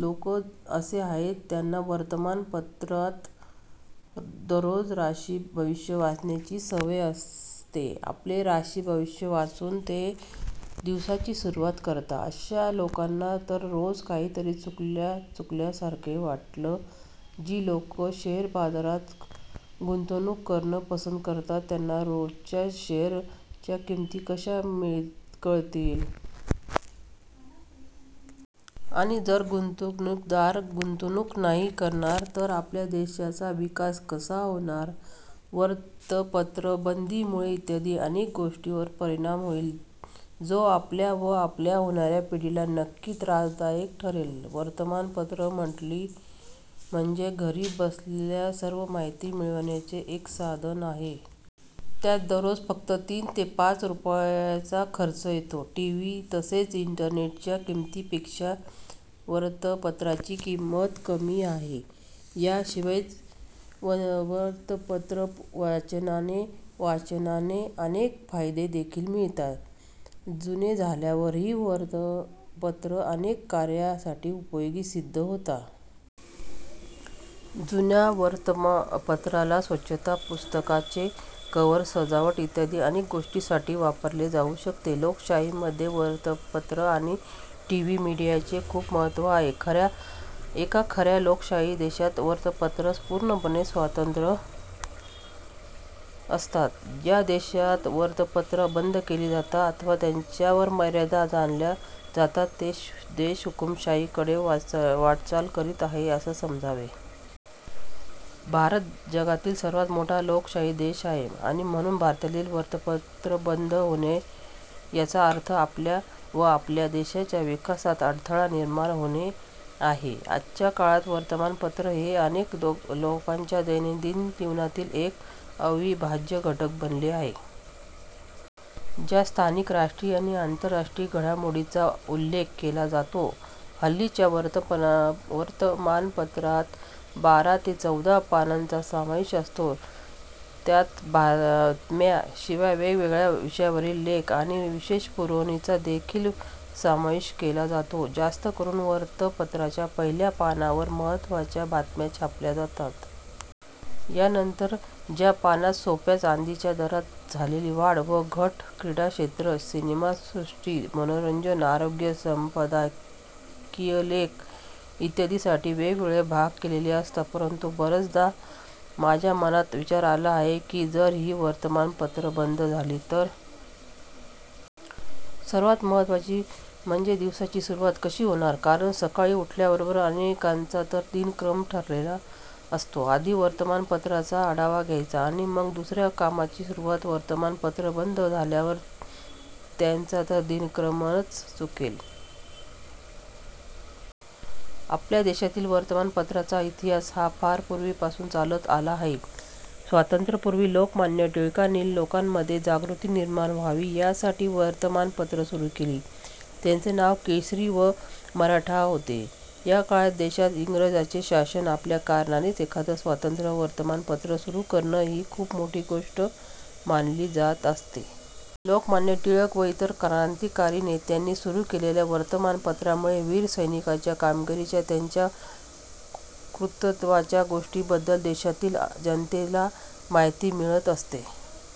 लोक असे आहेत ज्यांना वर्तमान पत्रात दररोज राशी भविष्य वाचण्याची सवय असते. आपले राशी भविष्य वाचूनच ते दिवसाची सुरुवात करतात. आशा लोकांना तर रोज काही तरी चुकल्या चुकल्यासारखं वाटेल. जी लोकं शेअर बाजारात गुंतवणूक करणे पसंत करतात त्यांना रोजच्या शेअर च्या किमती कश्या कळतील? आणि जर गुंतवणूकदार गुंतवणूक नाही करणार तर आपल्या देशाचा विकास कसा होणार? वृत्तपत्र बंदीमुळे इत्यादि अनेक गोष्टींवर परिणाम होईल जो आपल्या व आपल्या येणाऱ्या पिढीला नक्कीच त्रासदायक ठरेल. वर्तमान पत्र म्हटली म्हणजे घरी बसल्या सर्व माहिती मिळण्याचे एक साधन आहे. ज्यात दररोज फक्त तीन ते पाच रुपयाचा खर्च येतो. टीव्ही तसेच इंटरनेट च्या किमितीपेक्षा वृत्तपत्राची किंमत कमी आहे. याशिवाय वृत्तपत्र वाचनाने वाचनाचे अनेक फायदे देखील मिळतात. जूने झाल्यावरही वृत्तपत्र अनेक काऱ्यांसाठी उपयोगी सिद्ध होते. जुन्या वृत्तपत्राला स्वच्छता, पुस्तकाचे कवर, सजावट इत्यादि अनेक गोष्टींसाठी वापरले जाऊ शकते. लोकशाही मध्ये वृत्तपत्र आणि टीव्ही मीडिया चे महत्व खूप आहे. एक खऱ्या लोकशाही देशात वृत्तपत्र पूर्णपणे स्वतंत्र असतात. ज्या देशात वृत्तपत्र बंद केले जातात अथवा त्यांच्यावर मर्यादा आणल्या जातात तो देश हुकुमशाही कडे वाटचाल करीत आहे असे समजावे. भारत जगातील सर्वात मोठा लोकशाही देश आहे आणि म्हणून भारतातील वृत्तपत्र बंद होणे याचाच अर्थ आपल्या व आपल्या देशाच्या विकासात अडथळा निर्माण होणे आहे. आजच्या काळात वर्तमान पत्र हे अनेक लोकांच्या दैनंदिन जीवनातील एक अविभाज्य घटक बनले आहे. त्यात स्थानिक, राष्ट्रीय आणि आंतरराष्ट्रीय घडामोडींचा उल्लेख केलेला असतो. हल्लीच्या वर्तमान पत्रात बारा ते चौदा पानांचा समावेश असतो. ज्यात बातम्या शिवाय वेगवेगळ्या विषयांवरील लेख आणि विशेष पुरवणीचा देखील समावेश केला जातो. जास्तकरून वृत्तपत्राच्या पहिल्या पानावर महत्त्वाच्या बातम्याचा छापल्या जातात. यानंतर च्या पानात सोन्या चांदीच्या दरात झालेली वाढ व घट, क्रीडाक्षेत्र, सिनेसृष्टी, मनोरंजन, आरोग्य, संपादकीय लेख इत्यादींसाठी वेगवेगळे भाग केलेले असतात. परंतु बऱ्याचदा माझ्या मनात विचार आला आहे की जर ही वर्तमान पत्रच बंद झाली तर.... सर्वात महत्वाचे म्हणजे दिवसाची सुरुवात कशी होणार? कारण सकाळी उठल्याबरोबर अनेकांचा तर दिनक्रम ठरलेला असतो, आधी वर्तमान पत्राचा आढावा घ्यायचा आणि मग दुसऱ्या कामांना सुरुवात. वर्तमान पत्र बंद झाल्यावर त्यांचा तर दिनक्रमच चुकेल.... आपल्या देशातील वर्तमान पत्राचा इतिहास हा फार पूर्वी पासून चालत आला आहे, स्वातंत्र्यापूर्वी लोकमान्य टिळकांनी लोकांमध्ये जागृती निर्माण व्हावी यासाठी वर्तमान पत्र सुरु केली त्यांचे नाव केसरी व मराठा होते. त्या काळात देशात इंग्रजांचे शासन असल्या कारणाने एखादे स्वतंत्र वृत्तपत्र सुरु करणे ही खूप मोठी गोष्ट मानली जात असे. लोकमान्य टिळक व इतर क्रांतिकारी नेत्यांनी सुरू केलेल्या वृत्तपत्रामुळे वीर सैनिकांच्या कामगिरीच्या, त्यांच्या कर्तृत्वाच्या गोष्टींबद्दल देशातील जनतेला माहिती मिळत असे.